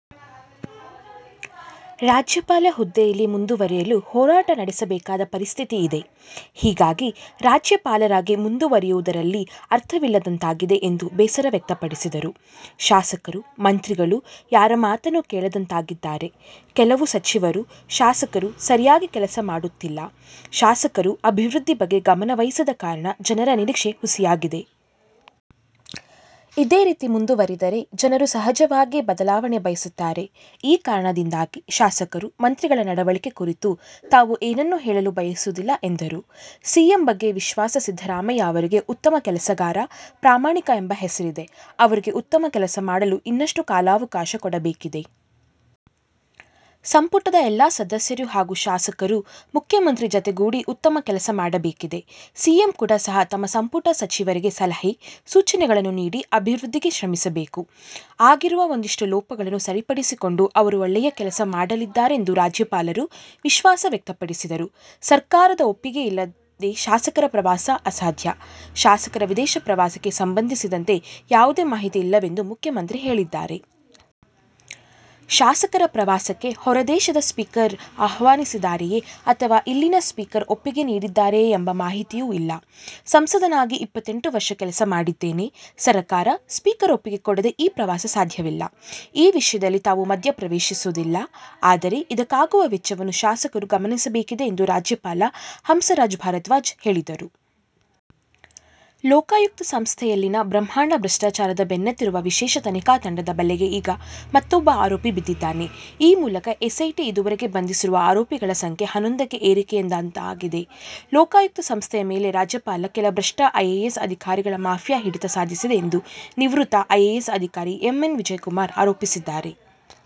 ರಾಜ್ಯಪಾಲ ಹುದ್ದೆಯಲ್ಲಿ ಮುಂದುವರಿಯಲು ಹೋರಾಟ ನಡೆಸಬೇಕಾದ ಪರಿಸ್ಥಿತಿ ಇದೆ. ಹೀಗಾಗಿ ರಾಜ್ಯಪಾಲರಾಗಿ ಮುಂದುವರಿಯುವುದರಲ್ಲಿ ಅರ್ಥವಿಲ್ಲದಂತಾಗಿದೆ ಎಂದು ಬೇಸರ ವ್ಯಕ್ತಪಡಿಸಿದರು. ಶಾಸಕರು, ಮಂತ್ರಿಗಳು ಯಾರ ಮಾತನ್ನೂ ಕೇಳದಂತಾಗಿದ್ದಾರೆ. ಕೆಲವು ಸಚಿವರು, ಶಾಸಕರು ಸರಿಯಾಗಿ ಕೆಲಸ ಮಾಡುತ್ತಿಲ್ಲ. ಶಾಸಕರು ಅಭಿವೃದ್ಧಿ ಬಗ್ಗೆ ಗಮನವಹಿಸದ ಕಾರಣ ಜನರ ನಿರೀಕ್ಷೆ ಹುಸಿಯಾಗಿದೆ. ಇದೇ ರೀತಿ ಮುಂದುವರಿದರೆ ಜನರು ಸಹಜವಾಗಿಯೇ ಬದಲಾವಣೆ ಬಯಸುತ್ತಾರೆ. ಈ ಕಾರಣದಿಂದಾಗಿ ಶಾಸಕರು, ಮಂತ್ರಿಗಳ ನಡವಳಿಕೆ ಕುರಿತು ತಾವು ಏನನ್ನೂ ಹೇಳಲು ಬಯಸುವುದಿಲ್ಲ ಎಂದರು. ಸಿಎಂ ಬಗ್ಗೆ ವಿಶ್ವಾಸ ಸಿದ್ದರಾಮಯ್ಯ ಅವರಿಗೆ ಉತ್ತಮ ಕೆಲಸಗಾರ, ಪ್ರಾಮಾಣಿಕ ಎಂಬ ಹೆಸರಿದೆ. ಅವರಿಗೆ ಉತ್ತಮ ಕೆಲಸ ಮಾಡಲು ಇನ್ನಷ್ಟು ಕಾಲಾವಕಾಶ ಕೊಡಬೇಕಿದೆ. ಸಂಪುಟದ ಎಲ್ಲ ಸದಸ್ಯರು ಹಾಗೂ ಶಾಸಕರು ಮುಖ್ಯಮಂತ್ರಿ ಜತೆಗೂಡಿ ಉತ್ತಮ ಕೆಲಸ ಮಾಡಬೇಕಿದೆ. ಸಿಎಂ ಕೂಡ ಸಹ ತಮ್ಮ ಸಂಪುಟ ಸಚಿವರಿಗೆ ಸಲಹೆ, ಸೂಚನೆಗಳನ್ನು ನೀಡಿ ಅಭಿವೃದ್ಧಿಗೆ ಶ್ರಮಿಸಬೇಕು. ಆಗಿರುವ ಒಂದಿಷ್ಟು ಲೋಪಗಳನ್ನು ಸರಿಪಡಿಸಿಕೊಂಡು ಅವರು ಒಳ್ಳೆಯ ಕೆಲಸ ಮಾಡಲಿದ್ದಾರೆಂದು ರಾಜ್ಯಪಾಲರು ವಿಶ್ವಾಸ ವ್ಯಕ್ತಪಡಿಸಿದರು. ''ಸರ್ಕಾರದ ಒಪ್ಪಿಗೆ ಇಲ್ಲದೆ ಶಾಸಕರ ಪ್ರವಾಸ ಅಸಾಧ್ಯ''ಶಾಸಕರ ವಿದೇಶ ಪ್ರವಾಸಕ್ಕೆ ಸಂಬಂಧಿಸಿದಂತೆ ಯಾವುದೇ ಮಾಹಿತಿ ಇಲ್ಲವೆಂದು ಮುಖ್ಯಮಂತ್ರಿ ಹೇಳಿದ್ದಾರೆ. ಶಾಸಕರ ಪ್ರವಾಸಕ್ಕೆ ಹೊರ ದೇಶದ ಸ್ಪೀಕರ್ ಆಹ್ವಾನಿಸಿದ್ದಾರೆಯೇ ಅಥವಾ ಇಲ್ಲಿನ ಸ್ಪೀಕರ್ ಒಪ್ಪಿಗೆ ನೀಡಿದ್ದಾರೆಯೇ ಎಂಬ ಮಾಹಿತಿಯೂ ಇಲ್ಲ. ಸಂಸದನಾಗಿ ಇಪ್ಪತ್ತೆಂಟು ವರ್ಷ ಕೆಲಸ ಮಾಡಿದ್ದೇನೆ. ಸರಕಾರ, ಸ್ಪೀಕರ್ ಒಪ್ಪಿಗೆ ಕೊಡದೇ ಈ ಪ್ರವಾಸ ಸಾಧ್ಯವಿಲ್ಲ. ಈ ವಿಷಯದಲ್ಲಿ ತಾವು ಮಧ್ಯ ಪ್ರವೇಶಿಸುವುದಿಲ್ಲ. ಆದರೆ ಇದಕ್ಕಾಗುವ ವೆಚ್ಚವನ್ನು ಶಾಸಕರು ಗಮನಿಸಬೇಕಿದೆ ಎಂದು ರಾಜ್ಯಪಾಲ ಹಂಸರಾಜ್ ಭಾರದ್ವಾಜ್ ಹೇಳಿದರು. ಲೋಕಾಯುಕ್ತ ಸಂಸ್ಥೆಯಲ್ಲಿನ ಬ್ರಹ್ಮಾಂಡ ಭ್ರಷ್ಟಾಚಾರದ ಬೆನ್ನತ್ತಿರುವ ವಿಶೇಷ ತನಿಖಾ ತಂಡ ದ ಬಲೆಗೆ ಈಗ ಮತೊಬ್ಬ ಆರೋಪಿ ಬಿದ್ದಿದ್ದಾನೆ. ಈ ಮೂಲಕ ಎಸ್ಐಟಿ ಇದುವರೆಗೆ ಬಂಧಿಸಿರುವ ಆರೋಪಿಗಳ ಸಂಖ್ಯೆ ಹನ್ನೊಂದಕ್ಕೆ ಏರಿಕೆಯಾದಂತಾಗಿದೆ. ಲೋಕಾಯುಕ್ತ ಸಂಸ್ಥೆಯ ಮೇಲೆ ರಾಜ್ಯದ ಕೆಲ ಭ್ರಷ್ಟ ಐಎಎಸ್ ಅಧಿಕಾರಿಗಳ ಮಾಫಿಯಾ ಹಿಡಿತ ಸಾಧಿಸಿದೆ ಎಂದು ನಿವೃತ್ತ ಐಎಎಸ್ ಅಧಿಕಾರಿ ಎಂ. ಎನ್. ವಿಜಯಕುಮಾರ್ ಆರೋಪಿಸಿದ್ದಾರೆ.